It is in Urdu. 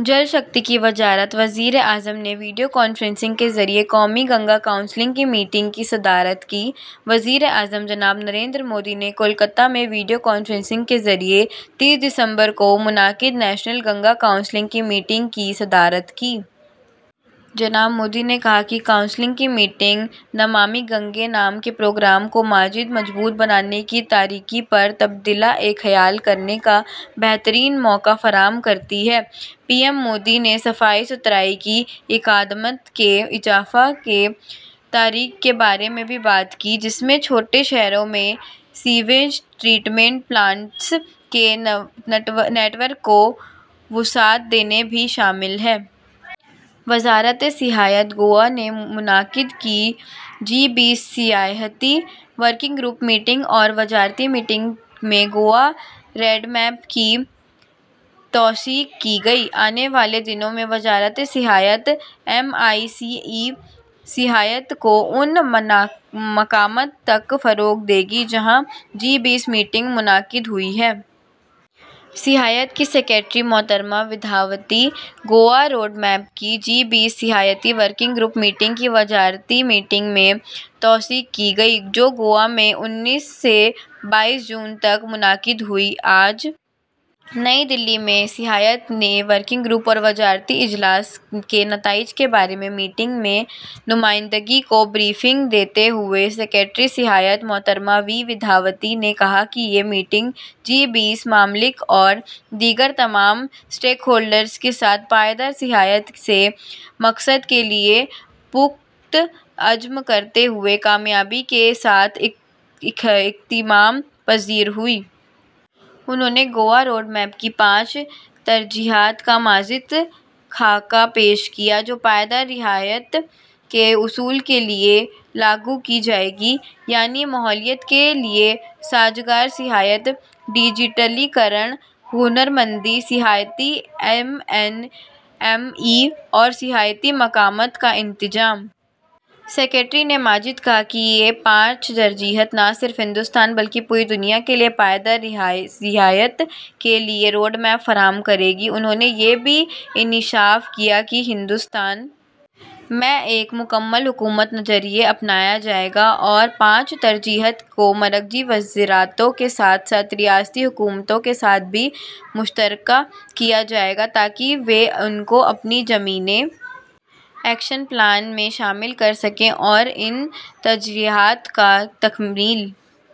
جل شکتی کی وزارت۔ وزیر اعظم نے ویڈیو کانفرنسنگ کے ذریعے قومی گنگا کونسل کی میٹنگ کی صدارت کی۔ وزیر اعظم جناب نریندر مودی نے کولکتہ میں ویڈیو کانفرنسنگ کے ذریعے تیس دسمبر کو منعقدہ نیشنل گنگا کونسل کی میٹنگ کی صدارت کی۔ جناب مودی نے کہا کہ کونسل کی میٹنگ نمامی گنگے نام کے پروگرام کو مزید مضبوط بنانے کے طریقوں پر تبادلہ خیال کرنے کا بہترین موقع فراہم کرتی ہے۔ پی ایم مودی نے صفائی ستھرائی کے اقدامات میں اضافہ کرنے کے طریقوں کے بارے میں بھی بات کی، جس میں چھوٹے شہروں میں سیوریج ٹریٹمنٹ پلانٹس کے نیٹ ورک کو توسیع دینا بھی شامل ہے۔ وزارت سیاحت۔ گوا میں منعقدہ جی ٹوئنٹی سیاحتی ورکنگ گروپ میٹنگ اور وزارتی میٹنگ میں گوا روڈ میپ کی توثیق کی گئی۔ آنے والے دنوں میں وزارت سیاحت ایم آئی سی ای کی سیاحت کو ان مقامات پر فروغ دے گی جہاں جی ٹوئنٹی میٹنگیں ہوئی ہیں۔ سیاحت کی سکریٹری محترمہ ودیاوتی۔ گوا روڈ میپ کی جی ٹوئنٹی سیاحتی ورکنگ گروپ میٹنگ اور وزارتی میٹنگ میں توثیق کی گئی، جو گوا میں انیس سے بائیس جون تک منعقد ہوئی۔ آج نئی دہلی میں سیاحت کے ورکنگ گروپ اور وزارتی اجلاس کے نتائج کے بارے میں میڈیا کے نمائندوں کو بریفنگ دیتے ہوئے سکریٹری سیاحت محترمہ وی ودیاوتی نے کہا کہ یہ میٹنگ جی ٹوئنٹی ممالک اور دیگر تمام اسٹیک ہولڈرز کے ساتھ پائیدار سیاحت کے مقصد کے لیے پختہ عزم کرتے ہوئے کامیابی کے ساتھ اختتام پذیر ہوئی۔ انہوں نے گوا روڈ میپ کی پانچ ترجیحات کا مزید خاکہ پیش کیا، جو پائیدار سیاحت کے حصول کے لیے لاگو کی جائیں گی، یعنی ماحولیات کے لیے سازگار سیاحت، ڈیجیٹلائزیشن، ہنرمندی، سیاحتی ایم ایس ایم ای اور سیاحتی مقامات کا بندوبست۔ سکریٹری نے مزید کہا کہ یہ پانچ ترجیحات نہ صرف ہندوستان بلکہ پوری دنیا کے لیے پائیدار سیاحت کے لیے روڈ میپ فراہم کرتی ہیں۔ انہوں نے یہ بھی انکشاف کیا کہ ہندوستان میں ایک مکمل حکومتی نقطہ نظر اپنایا جائے گا اور پانچ ترجیحات کو مرکزی وزارتوں کے ساتھ ساتھ ریاستی حکومتوں کے ساتھ بھی مشترک کیا جائے گا، تاکہ وہ ان کو اپنے زمینی ایکشن پلان میں شامل کر سکیں اور ان ترجیحات کی تکمی